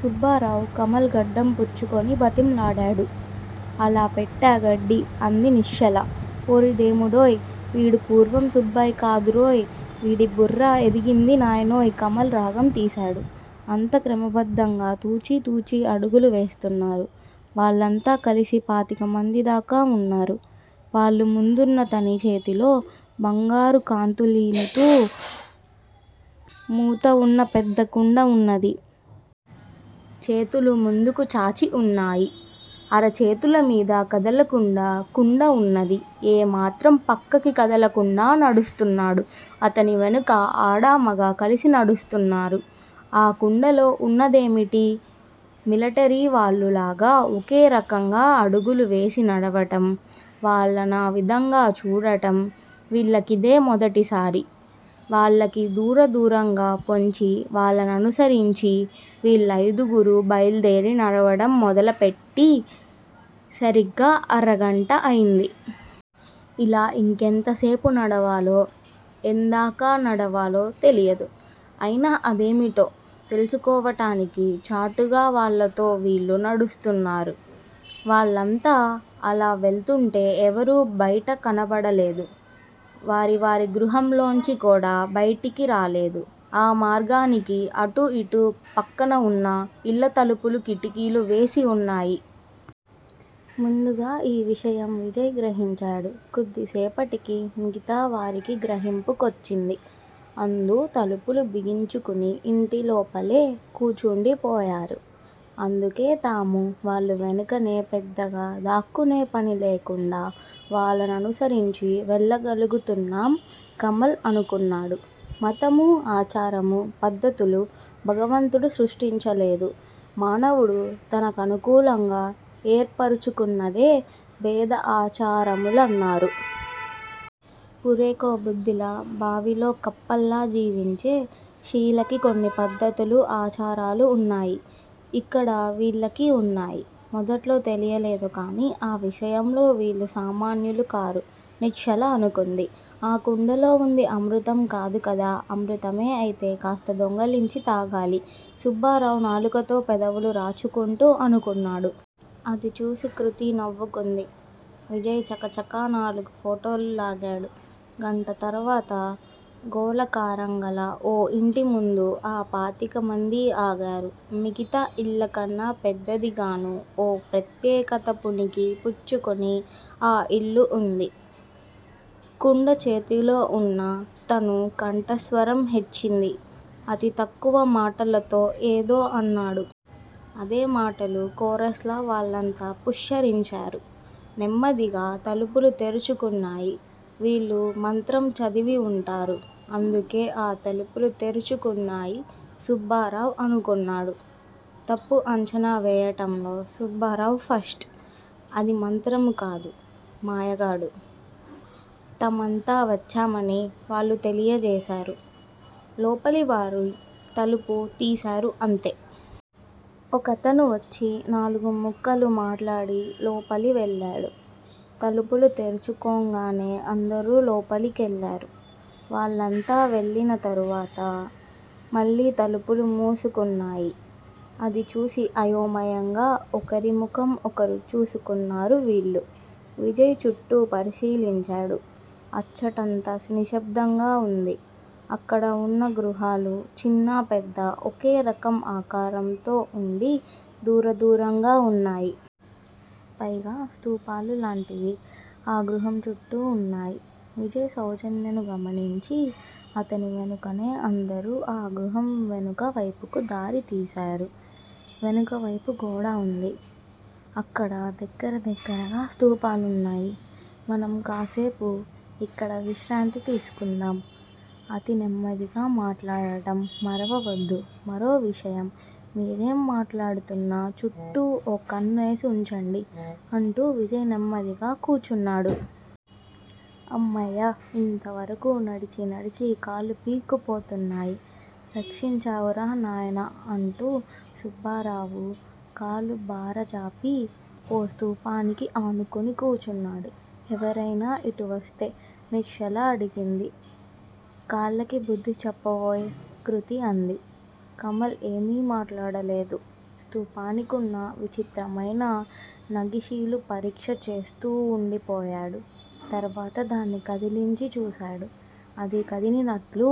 సుబ్బారావు కమల్ గడ్డం పుచ్చుకొని బతిమలడాడు. అల పెట్టా గడ్డి అంది నిశ్చల. ఓరిదేముడోయ్, వీడు పూర్వం సుబ్బాయి కాదురోయ్, వీడి బుర్ర ఎదిగింది నాయనోయ్ కమల్ రాగం తీశాడు. అంతా క్రమబద్దంగా తూచి తూచి అడుగులు వేస్తున్నారు. వాళ్ళంతా కల్సి పాతికమందిదాకా ఉన్నారు. వాళ్ళ ముందున్నతని చేతిలో బంగారు కాంతులీనుతూ మూతవున్న పెద్ద కుండ ఉన్నది. చేతులు ముందుకుచాచి వున్నాయి. అరచేతులమీద కదలకుండా కుండఉన్నది ఏ మాత్రం పక్కకి కదలకుండా నడుస్తున్నాడు. అతని వెనుక ఆడమగ కలసి నడుస్తున్నారు. అ కుండలో ఉన్నదేమిటి? మిలటరీ వాళ్ళులాగా ఒకే రకంగా అడుగులు వేసి నడవటం, వాళ్ళనా విధంగా చూడటం, వీళ్ళకిదే మొదటిసారి. వాళ్ళకి దూర దూరంగా పొంచి వాళ్ళ ననుసరిచి వీళ్ళయిదుగురూ బైలుదేరి నడవటం మొదలుపేట్టి సరీగ అరగంట అయింది. ఇలా ఇంకెంతసేపు నడవాలో ఎందాకా నడవాలో తెలియదు. అయినా అదేమిటో తెలుసుకోటానికి చాటుగా వాళ్ళతో వీళ్ళూ నడుస్తున్నారు. వాళ్ళంతా అలావెళుతుంటే ఎవరూ బైట కనబడలేదు. వారి వారి గృహాలలోంచికూడా బైటికి రాలేదు. ఆ మార్గానికి అటూ ఇటూ పక్కనవున్న ఇళ్ళ తలుపులు కిటికీలు వేసి వున్నాయి. ముందుగా ఈ విషయం విజయ్ గ్రహించాడు. కొద్దిసేపటికి మిగతావారికి గ్రహింపు కొచ్చింది అందూ తలుపులు బిగించుకుని ఇంటిలోపలే కూర్చుండిపోయారు. అందుకే తాము వాళ్ళ వెనుకనే పెద్దగా దాక్కోనే పనిలేకుండా వాళ్ళననుసరించి వెళ్ళగలుగుతున్నాం కమల్ అనుకున్నాడు. మతము, ఆచారము పద్దతులు భగవంతుడు సృష్టించలేదు. మానవుడు తన కనుకూలంగా ఏర్పరుచుకున్నదే భేద ఆచారాములన్నారు. పుర్రెకో బుద్ది లా, బావిలో కప్పల్లా జీవించే షియ్యాలకి కొన్ని పద్దతులు ఆచారాలు వున్నాయి. ఇక్కడ వీళ్ళకివున్నాయి. మొదట్లో తెలియలేదుగాని ఆ విషయంలో వీళ్ళూ సామాన్యులు కారు నిశ్చల అనుకుంది. ఆ కుండలో ఉంది అమృతం కాదు కదా! అమృతమే అయితే కాస్త దొంగలించి తాగాలి సుబ్బారావు నాలుకతో పెదవులు రాచుకుంటూ అనుకున్నాడు. అది చూసి కృతి నవ్వుకుంది. విజయ్ చకచక నాలుగు ఫోటోలు లాగాడు. గంట తర్వాత గోళాకారంగల ఓ యింటిముందు ఆపాతికమందీ ఆగారు. మిగతా ఇళ్ళకన్నా పెద్దదిగాను ఓ ప్రత్యెకతపుణికి పుచ్చుకుని ఆ యిల్లు ఉంది. కుండ చేతులోవున్న తను కంఠస్వరం హెచ్చింది. అతి తక్కువ మాటలతో ఏదో అన్నాడు. అదే మాటలు కోరఫ్ లా వాళ్ళంతా వుశ్చరించారు. నెమ్మదిగా తలుపులు తెరుచుకున్నాయి. వీళ్ళు మంత్రం చదివి వుంటారు. అందుకే ఆ తలుపులు తెరుచుకున్నాయి సుబ్బారావు అనుకున్నాడు. తప్పు అంచనా వేయటంలో సుబ్బారావు ఫస్ట్. అది మంత్రము కాదు మాయగాదు. తామంతావచ్చామని వాళ్ళు తెలియ జేశారు. లోపలి వారు తలుపు తీశారు అంతే. ఒకతను వచ్చి నాలుగుముక్కలు మాట్లాడి లోపలి వెళ్ళాడు. తలుపులు తెరుచుకొంగానే అందరూ లోపలికెళ్ళారు. వాళ్ళంతా వెళ్ళింతరువాత మళ్ళీతలుపులు మూసుకున్నాయి. అది చూసి అయోమయంగా ఒకరిముఖం ఒకరు చూసుకున్నారు వీళ్ళు. విజయ్ చుట్టూపరిశీలించాడు, అచ్చటంతా నిశ్శబ్దంగా వుంది. అక్కడవున్న గృహాలు చిన్నా పెద్దా ఒకేరకం ఆకారంతో వుండి దూరదూరంగా వున్నాయి. పైగా స్థూపాలు లాంటివి ఆ గృహం చుట్టూ ఉన్నాయి. విజయ్ సౌంజ్ఞను గమనించి అతనివెనుకనేఅందరూ అగృహంవెనుక వేపుకు దారితీశారు. వెనుక వేపుగోడవుంది. అక్కడ దగ్గర దగ్గరగా స్థూపాలు వున్నాయి. మనం కాసేపు యిక్కడ విశ్రాంతి తీసుకుందాం అతినేమ్మదిగా మాట్లాడటం మరవవద్దు మరో విషయం మీరేం మాట్లాడుతున్నా చుట్టూ ఓకన్ను వేసి వుంచండి అంటూ విజయ్ నెమ్మదిగా కూర్చున్నాడు. అమ్మయ్య! ఇంతవరకూ నడిచినడిచికాళ్ళు పీక్కుపోతున్నాయి. రక్షించావురా నాయనా! అంటూ సుబ్బారావు కాళ్ళు బారజాపి ఓ స్థూపానికి అనుకుని కూర్చున్నాడు. ఎవరైనా ఇటు వస్తే! నిశ్చల అడిగింది. కాలికి బుద్ధిచెప్పవోయ్! కృతి అంది. కమల్ ఏమీ మాట్లాడలేదు స్థూపానికున్న విచిత్రమైన నగిషీలు పరీక్ష చేస్తూవుండిపోయాడు. తర్వాత దాన్ని కదిలించిచూశాడు. అది కదిలినట్లు